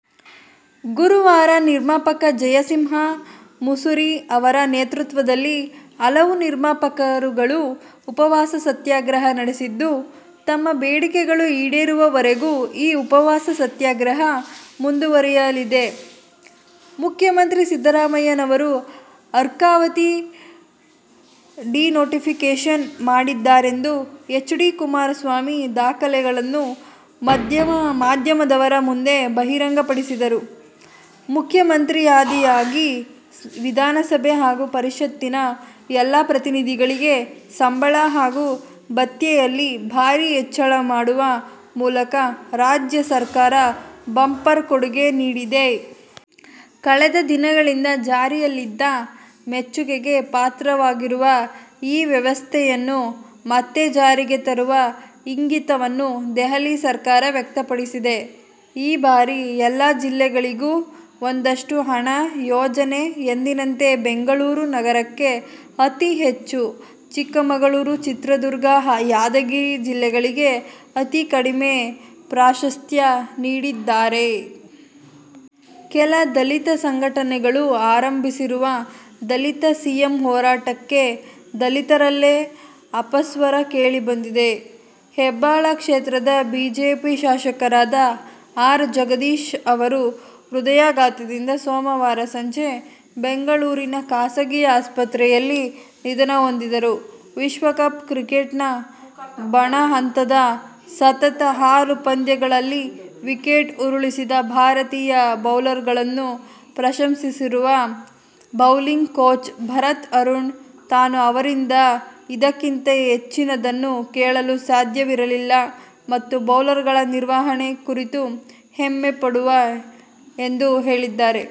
ಗುರುವಾರ ನಿರ್ಮಾಪಕ ಜಯಸಿಂಹ ಮುಸುರಿ ಅವರ ನೇತೃತ್ವದಲ್ಲಿ ಹಲವು ನಿರ್ಮಾಪಕರುಗಳು ಉಪವಾಸ ಸತ್ಯಾಗ್ರಹ ನಡೆಸಿದ್ದು, ತಮ್ಮ ಬೇಡಿಕೆಗಳು ಈಡೇರುವವರೆಗೂ ಈ ಉಪವಾಸ ಸತ್ಯಾಗ್ರಹ ಮುಂದುವರೆಯಲಿದೆ. ಮುಖ್ಯಮಂತ್ರಿ ಸಿದ್ದರಾಮಯ್ಯನವರು ಅರ್ಕಾವತಿ ಡಿನೋಟಿಫಿಕೇಷನ್ ಮಾಡಿದ್ದಾರೆಂದು ಹೆಚ್. ಡಿ ಕುಮಾರಸ್ವಾಮಿ ದಾಖಲೆಗಳನ್ನು ಮಾಧ್ಯಮದವರ ಮುಂದೆ ಬಹಿರಂಗ ಪಡಿಸಿದರು. ಮುಖ್ಯಮಂತ್ರಿಯಾದಿಯಾಗಿ ವಿಧಾನಸಭೆ ಹಾಗೂ ಪರಿಷತ್ತಿನ ಎಲ್ಲಾ ಪ್ರತಿನಿಧಿಗಳಿಗೆ ಸಂಬಳ ಹಾಗೂ ಭತ್ಯೆಯಲ್ಲಿ ಭಾರಿ ಹೆಚ್ಚಳ ಮಾಡುವ ಮೂಲಕ ರಾಜ್ಯ ಸರ್ಕಾರ ಬಂಪರ್ ಕೊಡುಗೆ ನೀಡಿದೆ. ಕಳೆದ ದಿನಗಳಿಂದ ಜಾರಿಯಲ್ಲಿದ್ದ, ಮೆಚ್ಚುಗೆಗೆ ಪಾತ್ರವಾಗಿರುವ ಈ ವ್ಯವಸ್ಥೆಯನ್ನು ಮತ್ತೆ ಜಾರಿಗೆ ತರುವ ಇಂಗಿತವನ್ನು ದೆಹಲಿ ಸರ್ಕಾರ ವ್ಯಕ್ತಪಡಿಸಿದೆ. ಈ ಬಾರಿ ಎಲ್ಲ ಜಿಲ್ಲೆಗಳಿಗೂ ಒಂದಷ್ಟು ಹಣ, ಯೋಜನೆ, ಎಂದಿನಂತೆ ಬೆಂಗಳೂರು ನಗರಕ್ಕೆ ಅತಿಹೆಚ್ಚು, ಚಿಕ್ಕಮಗಳೂರು, ಚಿತ್ರದುರ್ಗ, ಯಾದಗಿರಿ ಜಿಲ್ಲೆಗಳಿಗೆ ಅತಿ ಕಡಿಮೆ ಪ್ರಾಶಸ್ತ್ಯ ನೀಡಿದ್ದಾರೆ. ಕೆಲ ದಲಿತ ಸಂಘಟನೆಗಳು ಆರಂಭಿಸಿರುವ "ದಲಿತ ಸಿಎಂ ಹೋರಾಟ'ಕ್ಕೆ ದಲಿತರಲ್ಲೇ ಅಪಸ್ವರ ಕೇಳಿಬಂದಿದೆ. ಹೆಬ್ಬಾಳ ಕ್ಷೇತ್ರದ ಬಿಜೆಪಿ ಶಾಸಕರಾದ ಆರ್. ಜಗದೀಶ್ ಆವರು ಹೃದಯಾಘಾತದಿಂದ ಸೋಮವಾರ ಸಂಜೆ ಬೆಂಗಳೂರಿನ ಖಾಸಗಿ ಆಸ್ಪತ್ರೆಯಲ್ಲಿ ನಿಧನಹೊಂದಿದರು. ವಿಶ್ವಕಪ್ ಕ್ರಿಕೆಟ್ನ ಬಣ ಹಂತದ ಸತತ ಆರು ಪಂದ್ಯಗಳಲ್ಲಿ ವಿಕೆಟ್ ಉರುಳಿಸಿದ ಭಾರತೀಯ ಬೌಲರ್ಗಳನ್ನು ಪ್ರಶಂಸಿಸಿರುವ ಬೌಲಿಂಗ್ ಕೋಚ್ ಭರತ್ ಅರುಣ್, ತಾನು ಅವರಿಂದ ಇದಕ್ಕಿಂತ ಹೆಚ್ಚಿನದನ್ನು ಕೇಳಲು ಸಾಧ್ಯವಿರಲಿಲ್ಲ ಮತ್ತು ಬೌಲರ್ಗಳ ನಿರ್ವಹಣೆ ಕುರಿತು ಹೆಮ್ಮೆಪಡುವೆ ಎಂದು ಹೇಳಿದ್ದಾರೆ.